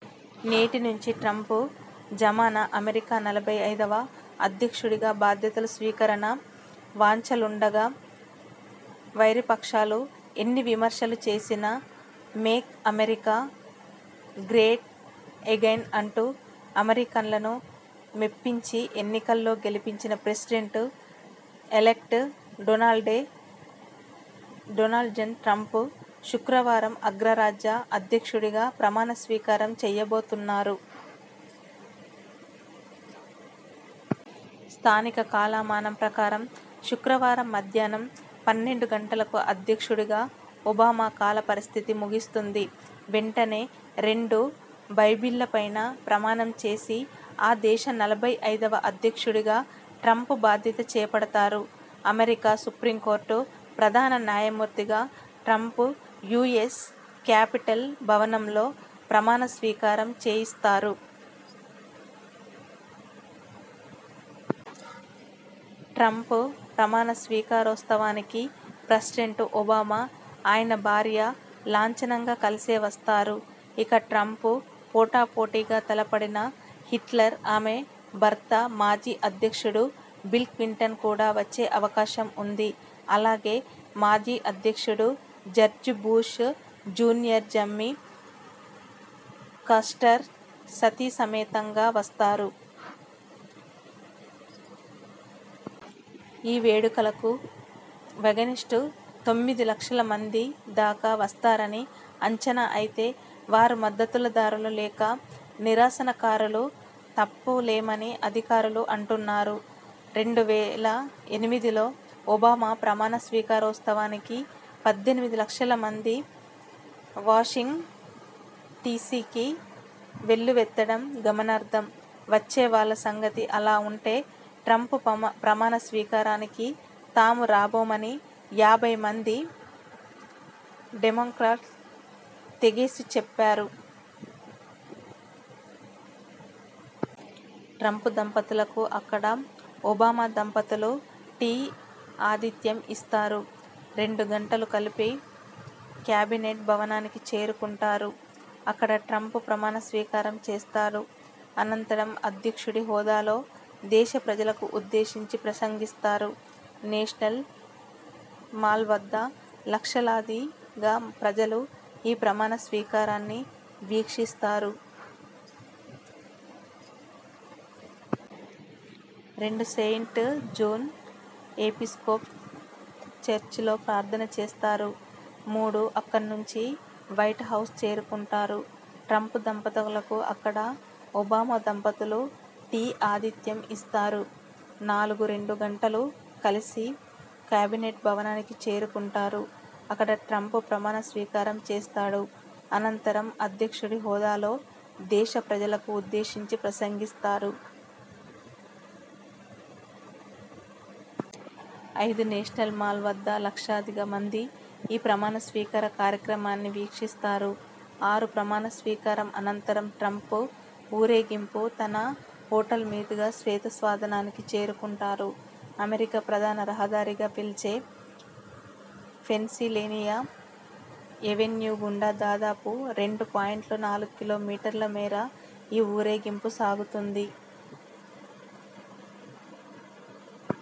నేటి నుంచే ట్రంప్ జమానా అమెరికా నలభై ఐదువ అధ్యక్షుడిగా బాధ్యతల స్వీకరణ.. వాచాలుడంటూ వైరిపక్షాలు ఎన్ని విమర్శలు చేసినా 'మేక్ అమెరికా గ్రేట్ ఎగైన్' అంటూ అమెరికన్లను మెప్పించి ఎన్నికల్లో గెలిచిన president elect.. Donald John Trump.. శుక్రవారం అగ్రరాజ్య అధ్యక్షుడిగా ప్రమాణ స్వీకారం చేయబోతున్నారు. స్థానిక కాలమానం ప్రకారం శుక్రవారం మధ్యాహ్నం పన్నెండు గంటలకు.. అధ్యక్షుడిగా ఒబామా కాల పరిమితి ముగుస్తుంది. వెంటనే, రెండు బైబిళ్ల పై ప్రమాణం చేసి ఆ దేశ నలభై ఐదువ అధ్యక్షుడిగా ట్రంప్ బాధ్యతలు చేపడతారు. అమెరికా సుపీరంకోర్టు ప్రధాన న్యాయమూర్తి ట్రంప్తో యూఎస్ క్యాపిటల్ భవనంలో ప్రమాణ స్వీకారం చేయిస్తారు. ట్రంప్ ప్రమాణ స్వీకారోత్సవానికి ప్రెసిడెంట్ ఒబామా, ఆయన భార్య లాంఛనంగా కలిసే వస్తారు. ఇక, ట్రంప్తో పోటా పోటీగా తలపడిన హిల్లరీ, ఆమె భర్త, మాజీ అధ్యక్షుడు బిల్ క్లింటన్ కూడా వచ్చే అవకాశం ఉంది. అలాగే, మాజీ అధ్యక్షుడు George Bush junior, Jimmy Carter సతీ సమేతంగా వస్తారు. ఈ వేడుకలకు వాషింగ్టన్కు తొమ్మిది లక్షల మంది దాకా వస్తారని అంచనా. అయితే వారు మద్దతు దారులా లేక నిరసనకారులా చెప్పలేమని అధికారులు అంటున్నారు. రెండు వేల ఎనిమిదిలో ఒబామా ప్రమాణస్వీకారోత్సవానికి పద్దెనిమిది లక్షల మంది వాషింగ్టన్ డీసీకి వెల్లు వెత్తడం గమనార్హం. వచ్చేవాళ్ల సంగతి ఇలా ఉంటే, ట్రంప్ ప్రమాణ స్వీకారానికి తాము రాబోమని యాభై మంది డెమొక్రాట్లు తెగేసి చెప్పారు. ట్రంప్ దంపతులకు అక్కడ ఒబామా దంపతులు టీ ఆతిథ్యం ఇస్తారు. రెండు జంటలూ కలిసి క్యాపిటల్ భవనానికి చేరుకుంటాయి. అక్కడ ట్రంప్ ప్రమాణ స్వీకారం చేస్తారు. అనంతరం అధ్యక్షుడి హోదాలో దేశ ప్రజలను ఉద్దేశించి ప్రసంగిస్తారు. నేషనల్ మాల్ వద్ద లక్షలాదిగా ప్రజలు ఈ ప్రమాణ స్వీకార కార్యక్రమాన్ని వీక్షిస్తారు. రెండు సెయింట్ జాన్స్ ఎపిస్కోపల్ చర్చ్లో ప్రార్థనలు చేస్తారు. మూడు అక్కణ్నుంచీ వైట్ హౌస్కు చేరుకుంటారు. ట్రంప్ దంపతులకు అక్కడ ఒబామా దంపతులు టీ ఆతిథ్యం ఇస్తారు. నాలుగు రెండు జంటలూ కలిసి క్యాపిటల్ భవనానికి చేరుకుంటాయి. అక్కడ ట్రంప్ ప్రమాణ స్వీకారం చేస్తారు. అనంతరం అధ్యక్షుడి హోదాలో దేశ ప్రజలను ఉద్దేశించి ప్రసంగిస్తారు. ఐదు నేషనల్ మాల్ వద్ద లక్షలాదిగా ప్రజలు ఈ ప్రమాణ స్వీకార కార్యక్రమాన్ని వీక్షిస్తారు. ఆరు ప్రమాణ స్వీకారం అనంతరం ట్రంప్ ఊరే గింపుగా, తన హోటల్ మీదుగా శ్వేత సౌథానికి చేరుకుంటారు. 'అమెరికా ప్రధాన రహదారి'గా పిలిచే పెన్సిల్వేనియా ఎవెన్యూ గుండా దాదాపు రెండు పాయింట్ నాలుగు కిలో మీటర్ల మేర ఈ ఊరేగింపు సాగుతుంది.